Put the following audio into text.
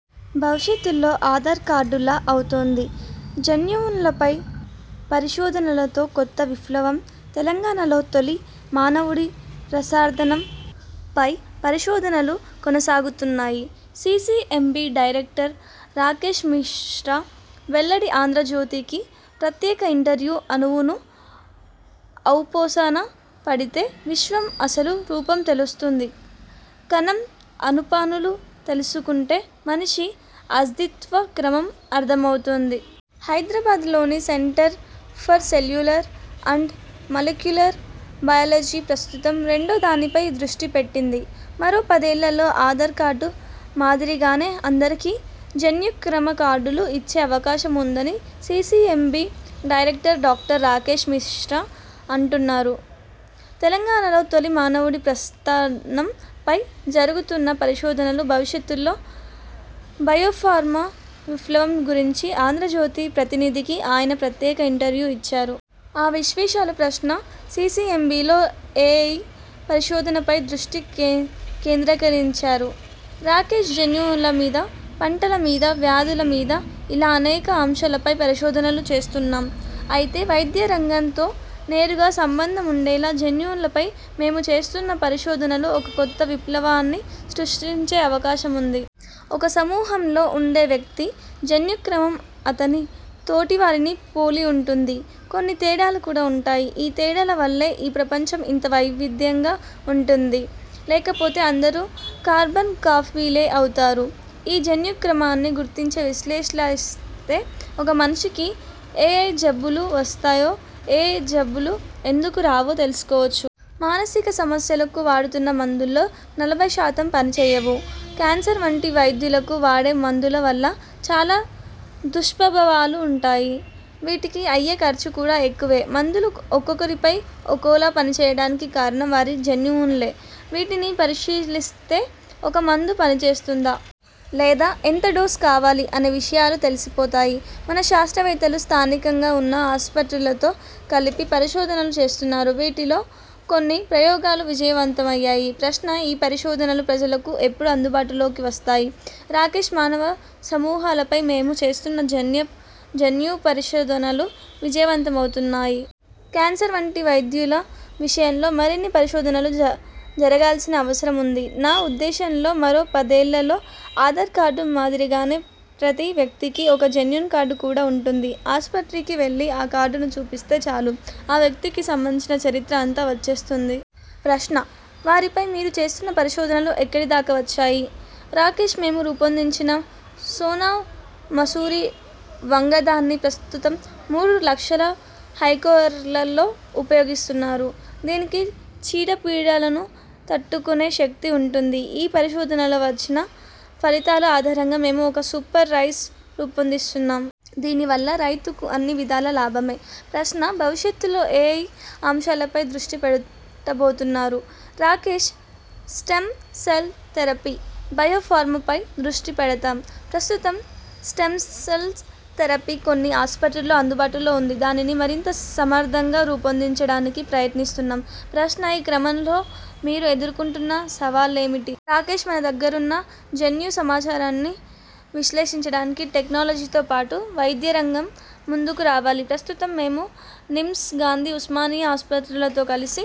భవిష్యత్తులో ఆధార్ కార్డులా అవుతుంది జన్యువులపై పరిశోధనలతో కొత్త విప్లవం తెలంగాణలో తొలి మానవుడి ప్రసార్దనంపై పరిశోధనలు కొనసాగుతున్నాయి సీసీఎంబీ డెరెక్టర్ రాకేశ్ మిశ్రా వెల్లడి ఆంధ్రజ్యోతి కి ప్రత్యేక ఇంటర్వ్యూ అణువును ఔపోసన పడితే విశ్వం అసలు రూపం తెలుస్తుంది కణం ఆనుపానులు తెలుసుకుంటే మనిషి అస్థిత్వ క్రమం అర్థమవుతుంది. హైదరాబాద్లోని centre for cellular and molecular biology ప్రస్తుతం రెండో దానిపై దృష్టి పెట్టింది. మరో పదేళ్లలో ఆధార్ కార్డు మాదిరిగానే అందరికీ జన్యుక్రమ కార్డులు ఇచ్చే అవకాశం ఉందని CCMB director doctor Rakesh Mishra అంటున్నారు. తెలంగాణలో తొలి మానవుడి ప్రస్థానంపై జరుగుతున్న పరిశోధనలు, భవిష్యత్తులో బయోఫార్మా విఫ్లవం గురించి 'ఆంధ్రజ్యోతి' ప్రతినిధికి ఆయన ప్రత్యేక ఇంటర్వ్యూ ఇచ్చారు. ఆ విశ్వేషాలు ప్రశ్న సీసీఎంబీలో ఏయే పరిశోధనలపై దృష్టి కేంద్రీకరించారు? రాకేశ్ జన్యువుల మీద, పంటల మీద, వ్యాధుల మీద ఇలా అనేక అంశాలపై పరిశోధనలు చేస్తున్నాం. అయితే వైద్యరంగంతో నేరుగా సంబంధం ఉండేలా జన్యువులపై మేము చేస్తున్న పరిశోధనలు ఒక కొత్త విప్లవాన్ని సృష్టించే అవకాశముంది. ఒక సమూహంలో ఉండే వ్యక్తి జన్యుక్రమం అతని తోటివారిని పోలి ఉంటుంది. కొన్ని తేడాలు కూడా ఉంటాయి. ఈ తేడాల వల్లే ఈ ప్రపంచం ఇంత వైవిధ్యంగా ఉంటుంది. లేకపోతే అందరూ కార్బన్ కాపీలే అవుతారు. ఈ జన్యుక్రమాన్ని గుర్తించి విశ్లేషిస్తే ఒక మనిషికి ఏయే జబ్బులు వస్తాయో, ఏ జబ్బులు ఎందుకు రావో తెలుసుకోవచ్చు. మానసిక సమస్యలకు వాడుతున్న మందుల్లో నలభై శాతం పనిచేయవు. కేన్సర్ వంటి వైద్యలకు వాడే మందుల వల్ల చాలా దుష్ప్రభావాలు ఉంటాయి. వీటికి అయ్యే ఖర్చు కూడా ఎక్కువే! మందులు ఒక్కొక్కరిపై ఒకోలా పనిచేయటానికి కారణం వారి జన్యువులే! వీటిని పరిశీలిస్తే ఒక మందు పనిచేస్తుందా? లేదా? ఎంత డోస్ కావాలి? అనే విషయాలు తెలిసిపోతాయి. మన శాస్త్రవేత్తలు స్థానికంగా ఉన్న ఆస్పత్రులతో కలిపి పరిశోధనలు చేస్తున్నారు. వీటిలో కొన్ని ప్రయోగాలు విజయవంతమయ్యాయి. ప్రశ్న ఈ పరిశోధనలు ప్రజలకు ఎప్పుడు అందుబాటులోకి వస్తాయి? రాకేశ్ మానవ సమూహాలపై మేము చేస్తున్న జన్యు జన్యు పరిశోధనలు విజయవంతమవుతున్నాయి. కేన్సర్ వంటి వైద్యుల విషయంలో మరిన్ని పరిశోధనలు జరగాల్సిన అవసరముంది. నా ఉద్దేశంలో.. మరో పదేళ్లలో ఆధార్ కార్డు మాదిరిగానే ప్రతి వ్యక్తికీ ఒక జన్యుకార్డు కూడా ఉంటుంది. ఆస్పత్రికి వెళ్లి ఆ కార్డును చూపిస్తే చాలు.. ఆ వ్యక్తికి సంబంధించిన చరిత్ర అంతా వచ్చేస్తుంది. ప్రశ్న వరిపై మీరు చేస్తున్న పరిశోధనలు ఎక్కడి దాకా వచ్చాయి? రాకేశ్ మేము రూపొందించిన సోనా మసూరి వంగడాన్ని ప్రస్తుతం మూడు లక్షల హెక్టార్లలో ఉపయోగిస్తున్నారు. దీనికి చీడ పీడలను తట్టుకొనే శక్తి ఉంటుంది. ఈ పరిశోధనలలో వచ్చిన ఫలితాల ఆధారంగా మేము ఒక సూపర్ రైస్ రూపొందిస్తున్నాం. దీనివల్ల రైతుకు అన్ని విధాలా లాభమే. ప్రశ్న భవిష్యత్తులో ఏయే అంశాలపై దృష్టి పెట్టబోతున్నారు? Rakesh stem cell therapy, bio ఫార్మాపై దృష్టి పెడతాం. ప్రస్తుతం స్టెమ్సెల్ థెరపీ కొన్ని ఆస్పత్రుల్లో అందుబాటులో ఉంది. దానిని మరింత సమర్థంగా రూపొందించటానికి ప్రయత్నిస్తున్నాం. ప్రశ్న ఈ క్రమంలో మీరు ఎదుర్కొంటున్న సవాళ్లేమిటి? రాకేశ్ మన దగ్గరున్న జన్యు సమాచారాన్ని విశ్లేషించడానికి టెక్నాలజీతో పాటు వైద్యరంగం ముందుకు రావాలి. ప్రస్తుతం మేము నిమ్స్, గాంధీ, ఉస్మానియా ఆస్పత్రులతో కలిసి